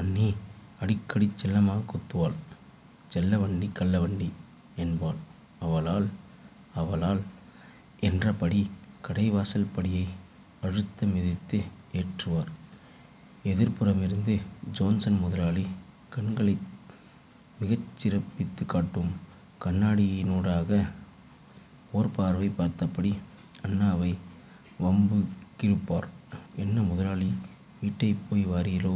அண்ணிஅதில் அடிக்கடி செல்லமாகக் குத்துவாள். செல்லவண்டி... கள்ளவண்டி என்பாள். அவளால்..அவளால் என்றபடி கடைவாசல்படியை அழுந்த மிதித்து ஏறுவார். எதிர்புறமிருந்து ஜோன்சன் முதலாளி கண்களை மிகச் சிறப்பித்துக் காட்டும் கண்ணாடியினூடாக ஓரப்பார்வை பார்த்தபடி அண்ணாவை வம்புக்கிழுப்பார். என்ன முதலாளி... வீட்டை போய் வாறியளோ....?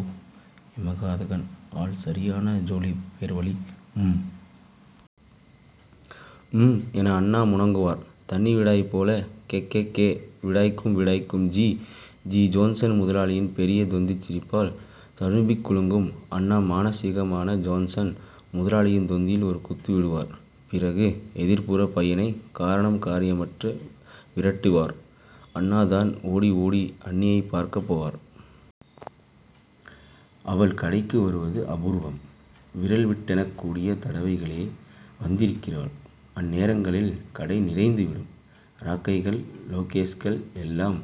எமகாதகன் ஆள் சரியான ஜொலிப் பேர்வழி ஊம்... ஊம் என அண்ணா முனகுவார். தண்ணி விடாய் போலை.. கெஹ்கெஹ்ஹே... விடாய்க்கும் விடாய்க்கும் ஹி... ஹி.ஜோன்சன் முதலாளியின் பெரிய தொந்தி சிரிப்பால் தழுமபிக் குலுங்கும் அண்ணா மானசீகமாக ஜோன்சன் முதலாளியின் தொந்தியில் ஒரு குத்து விடுவார். பிறகு, எதிர்படுகிற பையனை காரண காரியமற்று விரட்டுவார். அண்ணா தான் ஓடிஓடி அண்ணியைப் பார்க்கப் போவார். அவள் கடைக்கு வருவது அபூர்வம். விரல் விட்டெண்ணக் கூடிய தடவைகளே வந்திருக்கிறாள். அந்நேரங்களில் கடை நிறைந்து விடும். றாக்கைகள் ஷோகேஸ்கள் எல்லாம்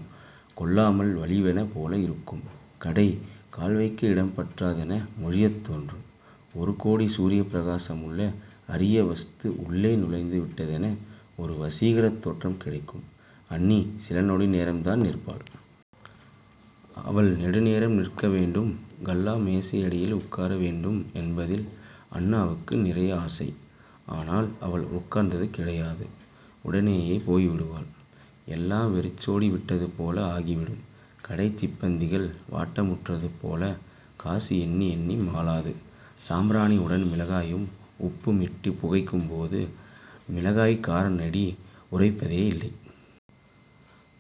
கொள்ளாமல் வழிவன போல இருக்கும். கடையில் கால்வைக்க இடம் பற்றாது என மொழியத் தோன்றும். ஒரு கோடி சூரியப் பிரகாசமுள்ள அரிய வஸ்து உள்ளே நுழைந்து விட்டதென ஒரு வசீகரத் தோற்றம் கிடைக்கம் அண்ணி சிலநொடி நேரம்தான் நிற்பாள். அவள் நெடுநேரம் நிற்க வேண்டும் கல்லா மேசையடியில் உட்கார வேண்டும், என்பதில் அண்ணாவுக்கு நிறைய ஆசை. ஆனால் அவள் உட்கார்ந்தது கிடையாது, உடனேயே போய் விடுவாள். எல்லாமே வெறிச்சோடி விட்டது போல ஆகிவிடும் கடைச் சிப்பந்திகள் வாட்டமுற்றது போலக் காசு எண்ணியெண்ணி மாளாது. சாம்பிராணியுடன் மிளகாயும் உப்பும் இட்டுப் புகைக்கும் போது மிளகாயின் காரநெடி உறைப்பதேயில்லை.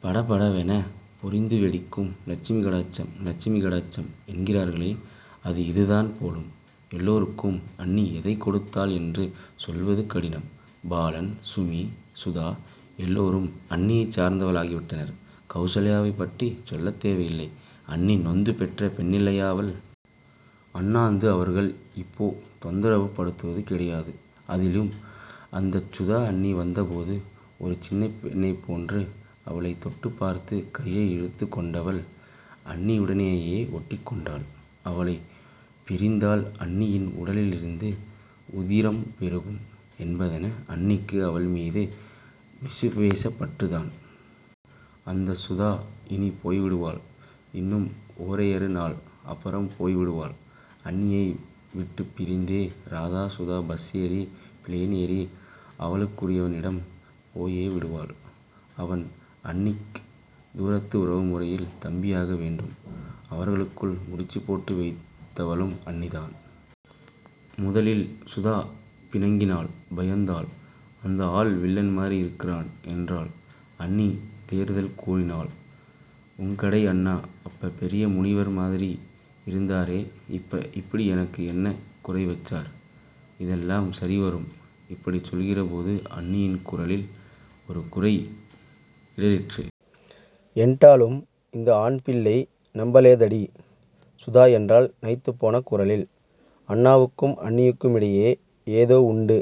படபடவென பொரிந்து வெடிக்கும். இலட்சுமி கடாட்சம்... இலட்சுமி கடாட்சம் என்கிறார்களே அது இதுதான் போலும் எல்லோருக்கும் அண்ணி எதைக் கொடுத்தாள் என்று சொல்வது கடினம் பாலன் சுமி சுதா எல்லாரும் அண்ணியைச் சார்ந்தவர்களாகி விட்டனர். கெளசல்யாவைப் பற்றிச் சொல்ல வேண்டியதேயில்லை. அண்ணி நொந்து பெற்ற பெண்ணில்லையா அவள்? அண்ணாந்து அவர்கள் இப்போ தொந்தரவு படுத்துவது கிடையாது. அதிலும் இந்தச் சுதா அண்ணி வந்த போது ஒரு சின்னப்பெண்ணைப் போன்று அவளைத் தொட்டுப் பார்த்து கையை இழுத்துக் கொண்டவள் அண்ணியுடனேயே ஒட்டிக்கொண்டாள். அவளைப் பிரிந்தால் அண்ணியின் உடலிலிருந்து உதிரம் பெருகும் என்பதென அண்ணிக்கும் அவள் மீது விசேஷப்பற்றுதல். அந்த சுதா இனிப் போய்விடுவாள். இன்னும் ஒரேயரு நாள். அப்புறம் போய்விடுவாள். அண்ணியை விட்டுப் பிரிந்தே இராத சுதா பஸ் ஏறி.... பிளேன் ஏறி அவளுக்குரியவனிடம் போயே விடுவாள். அவன் அண்ணிக்கு தூரத்து உறவுமுறையில் தம்பியாக வேண்டும். அவர்களுக்குள் முடிச்சுப் போட்டு வைத்தவளும் அண்ணி தான். முதுலில் சுதா பிணங்கினாள் பயந்தாள். அந்த ஆள் வில்லன் மாதிரி இருக்கிறான்... என்றாள். அண்ணி தேறுதல் சொன்னாள். உங்கடை அண்ணா.... அப்ப பொரிய முனிவர் மாதிரி இருந்தாரே.. இப்ப எப்பிடி? எனக்கு என்ன குறைவைச்சார்.... அதெல்லாம் சரிவரும்....அப்படிச் சொல்கிற போது அண்ணியின் குரலில் ஒரு குறை இடறிற்று. எண்டாலும்... இந்த ஆம்பிள்ளை நம்பேலாதடி.... சுதா என்றாள் நைந்துபோன குரலில். அண்ணாவுக்கும் அண்ணிக்குமிடையே ஏதோ உண்டு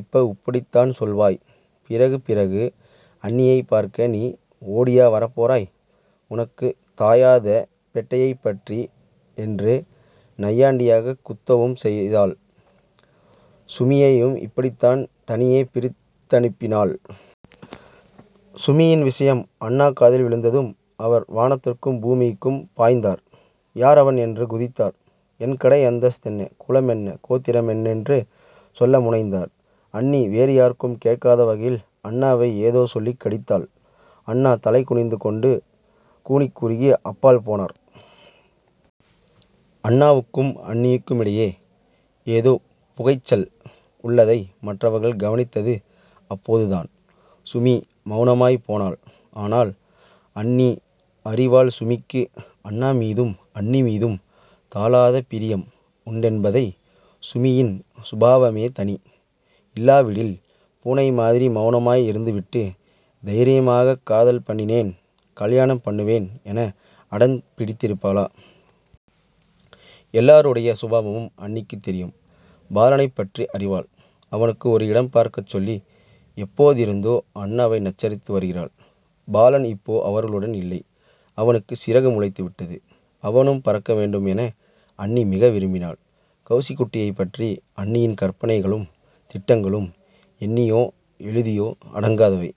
இப்ப உப்பிடித்தான் சொல்லுவாய்... பிறகுபிறகு அண்ணியை பார்க்க நீ ஓடியா வரப்போறாய்.... எனக்குத் தயாதா பெட்டையைப் பற்றி. என்று நையாண்டியாகக் குத்தவும் செய்தாள். சுமியையும் இப்படித்தான் தனியே பிரித்தணுப்பினாள். சுமியின் விஷயம் அண்ணா காதில் விழுந்ததும் அவர் வானத்துக்கும் பூமிக்குமாகப் பாய்ந்தார். யாரவன்? என்று குதித்தார். எங்கடை அந்தஸ்தென்ன.... குலமென்ன கோத்திரமென்னஎன்று சொல்ல முனைந்தார். அண்ணி வேறுயாருக்கும் கேட்காத வகையில் அண்ணாவை ஏதோ சொல்லிக் கடிந்தாள். அண்ணா தலையைக் குனிந்து கொண்டு கூனிக் குறுகி அப்பால் போனார். அண்ணாவுக்கும் அண்ணிக்குமிடையே ஏதோ புகைச்சல் உள்ளதை மற்றவர்கள் கவனித்தது அப்போதுதான். சுமி மெளனமாய்ப் போனாள். ஆனால் அண்ணி அறிவாள் சுமிக்கு அண்ணாமீதும் அண்ணிமீதும் தாளாத பிரியம் உண்டென்பதை. சுமியின் சுபாவமே தனி. இல்லாவிடில் பூனை மாதிரி மெளனமாக இருந்துவிட்டு தைரியமாகக் காதல் பண்ணினேன் கல்யாணம் பண்ணுவேன் என அடம் பிடித்திருப்பாளா? எல்லோருடைய சுபாவமும் அண்ணிக்குத் தெரியும். பாலனைப் பற்றியும் அறிவாள். அவனுக்கும் ஒரு இடம் பார்க்கச் சொல்லி எப்போதிருந்தோ அண்ணாவை நச்சரித்து வருகிறாள். பாலன் இப்போ அவர்களுடன் இல்லை. அவனுக்குச் சிறகு முளைத்துவிட்டது. அவனும் பறக்க வேண்டும் என அண்ணி மிக விரும்பினாள். கெளசிக்குட்டியைப் பற்றி அண்ணியின் கற்பனைகளும் திட்டங்களும் எண்ணியோ எழுதியோ அடங்காதவை.